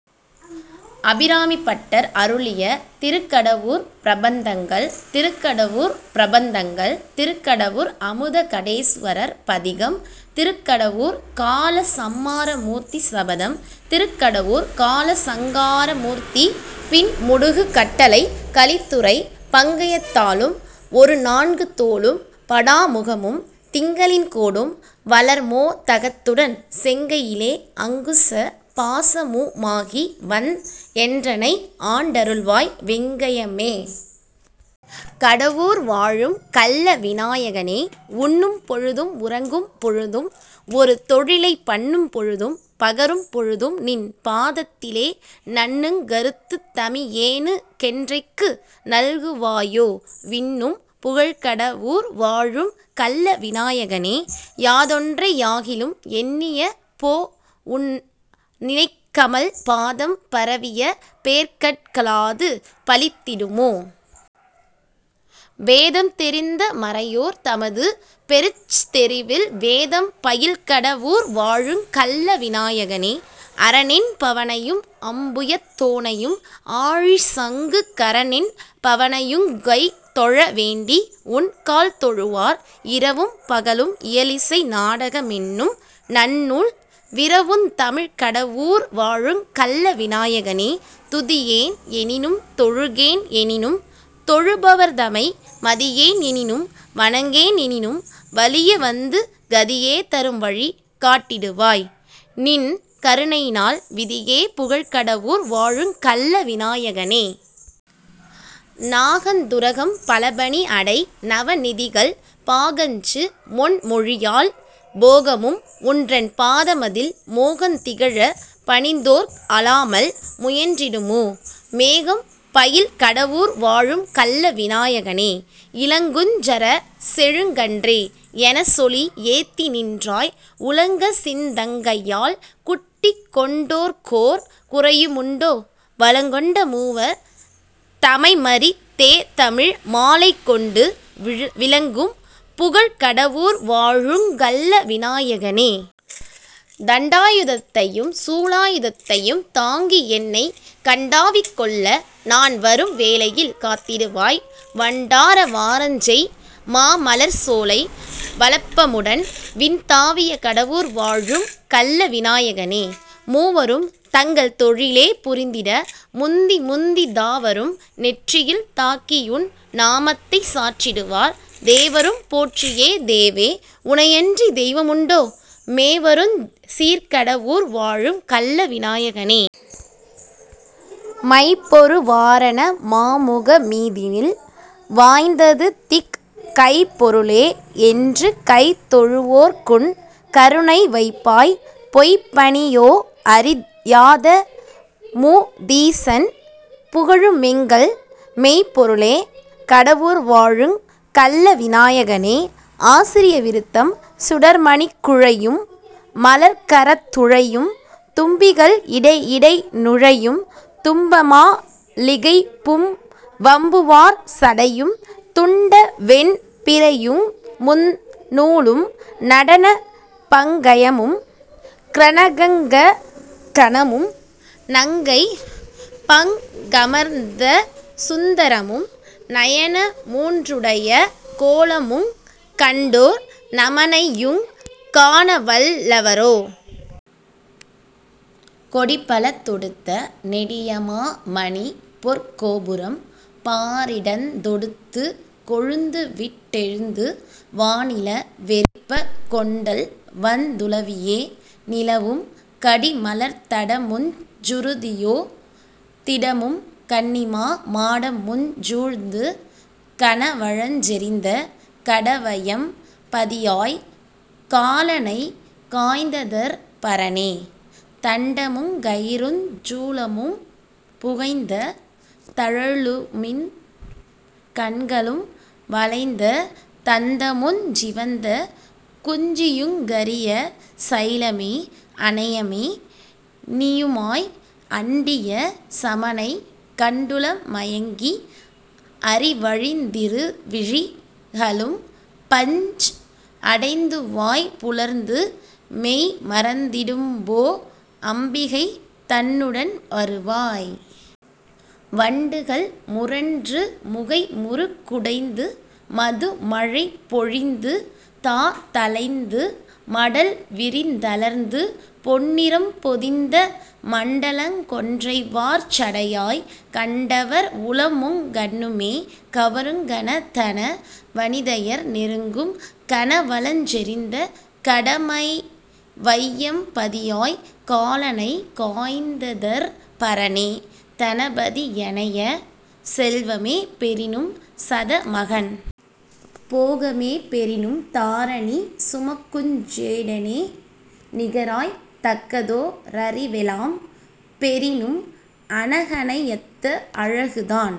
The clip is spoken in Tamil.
அபிராமிபட்டர் அருளிய திருக்கடவூர் பிரபந்தங்கள் திருக்கடவூர் பிரபந்தங்கள். திருக்கடவூர் அமுதகடேசுவரர் பதிகம். திருக்கடவூர்க் காலசம்மாரமூர்த்தி சபதம். திருக்கடவூர்க் காலசங்கார மூர்த்தி பின்முடுகு கட்டளைக் கலித்துறை பங்கயத் தாளும் ஒருநான்கு தோளும் படாமுகமும் திங்களின் கோடும் வளர்மோ தகத்துடன் செங்கையிலே அங்குச பாசமு மாகிவந் என்றனை ஆண்டருள்வாய்; வெங்கய மே! கட வூர்வாழுங் கள்ள விநாயகனே!. உண்ணும் பொழுதும் உறங்கும் பொழுதும் ஒருதொழிலைப் பண்ணும் பொழுதும் பகரும் பொழுதும்நின் பாதத்திலே நண்ணுங் கருத்துத் தமியேனுக் கென்றைக்கு நல்குவையோ? விண்ணும் புகழ்கட வூர்வாழும் கள்ள விநாயகனே!. யாதொன்றை யாகிலும் எண்ணிய போ உன் இணைக்கமல் பாதம் பரவிய பேர்கட் கலாது பலித்திடுமோ? பேதம் தெரிந்த மறையோர் தமது பெருச்தெருவில் வேதம் பயில்கட வூர்வாழுங் கள்ள விநாயகனே!. அரனென் பவனையும் அம்புயத் தோனையும் ஆழிசங்கு கரனென் பவனையுங் கைதொழ வேண்டி உன் கால்தொழுவார் இரவும் பகலும் இயலிசை நாடக மென்னும் நன்னூல் விரவுந் தமிழ்க்கட வூர்வாழுங் கள்ள விநாயகனே!. துதியேன் எனினும் தொழுகேன் எனினும் தொழுபவர்தமை மதியேன் எனினும் வணங்கேன் எனினும் வலியவந்து கதியே தரும்வழி காட்டிடுவாய்; நின் கருணையினால் விதியே புகழ்க்கட வூர்வாழுங் கள்ள விநாயகனே!. நாக ந்துரகம் பலபணி அடை நவநிதிகள் பாகஞ்சு மொன்மொழியாள் போகமும் உன்றன் பாதமதில் மோகந் திகழப் பணிந்தோர்க் அலாமல் முயன்றிடுமோ? மேகம் பயில்கட வூர்வாழுங் கள்ள விநாயகனே!. இளங்குஞ் சரச்செழுங் கன்றே! எனச்சொலி ஏத்திநின்றாய் உளங்கசிந் தங்கையால் குட்டிக்கொண் டோர்க்கோர் குறையுமுண்டோ? வளங்கொண்ட மூவர் தமைமறித் தேதமிழ் மாலைகொண்டு விளங்கும் புகழ்க்கட வூர்வாழுங் கள்ள விநாயகனே!. தண்டாயுதத்தையும் சூலாயுதத்தையும் தாங்கியென்னைக் கண்டாவிகொள்ள நான் வரும் வேளையில் காத்திடுவாய் வண்டாரவாரஞ்செய் மாமலர்ச்சோலை வளப்பமுடன் விண்தாவிய கடவூர் வாழும் கள்ள விநாயகனே. மூவரும் தங்கள் தொழிலே புரிந்திட முந்திமுந்தித் தாவரும் நெற்றியில் தாக்கியுன் நாமத்தைச் சாற்றிடுவார்; தேவரும் போற்றிய தேவே! உனையன்றித் தெய்வமுண்டோ? மேவருஞ் சீர்கட வூர்வாழுங் கள்ள விநாயகனே!. மைப்பொரு வாரண மாமுக மீதினில் வாய்ந்ததுதிக் கைப்பொரு ளே! என்று கைதொழு வோர்குன் கருணைவைப்பாய்; பொய்ப்பணி யோஅறி யாதமு தீசன் புகழுமெங்கள் மெய்ப்பொருளே! கட வூர்வாழுங் கள்ள விநாயகனே!. ஆசிரிய விருத்தம் சுடர்மணிக் குழையும் மலர்க்கரத் துழையும் தும்பிகள் இடையிடை நுழையும் தும்பமா லிகைபும் வம்புவார் சடையும் துண்டவெண் பிறையுமுந் நூலும் நடனபங் கயமும் கிரணகங் கணமும் நங்கைபங் கமர்ந்தசுந் தரமும் நயனமூன் றுடைய கோலமுங் கண்டோர் நமனையுங் காணவல் லவரோ? கொடிபல தொடுத்த நெடியமா மணிபொற் கோபுரம் பாரிடந் தொடுத்துக் கொழுந்துவிட் டெழுந்து வாணில வெறிப்பக் கொண்டல் வந் துலவியே நிலவும் கடிமலர்த் தடமுஞ் சுருதியோ திடமும் கன்னிமா மாடமுஞ் சூழ்ந்து கனவளஞ் செறிந்த கடவையம் பதியாய்! காலனைக் காய்ந்ததற் பரனே!. தண்டமுங் கயிறுஞ் சூலமும் புகைந்த தழலுமிழ் கண்களும் வளைந்த தந்தமுஞ் சிவந்த குஞ்சியுங் கரிய சைலமே அனையமே னியுமாய் அண்டிய சமனைக் கண்டுள மயங்கி அறிவழிந் திருவிழி களும்பஞ் அடைந்துவாய் புலர்ந்து மெய்மறந் திடும்போ அம்பிகை தன்னுடன் வருவாய்! வண்டுகள் முரன்று முகைமுறுக் குடைந்து மதுமழை பொழிந்துதா தளைந்து மடல்விரிந் தலர்ந்து பொன்னிறம் பொதிந்த மண்டலங் கொன்றைவார் சடையாய்! கண்டவர் உளமுங் கண்ணுமே கவருங் கனதன வனிதையர் நெருங்கும் கனவளஞ் செறிந்த கடமைவையம் பதியாய்! காலனைக் காய்ந்ததற் பரனே!. தனபதி யனைய செல்வமே பெறினும் சதமகன் போகமே பெறினும் தாரணி சுமக்குஞ் சேடனே நிகராய்த் தக்கதோ ரறிவெலாம் பெறினும் அனகனையத்த அழகுதான்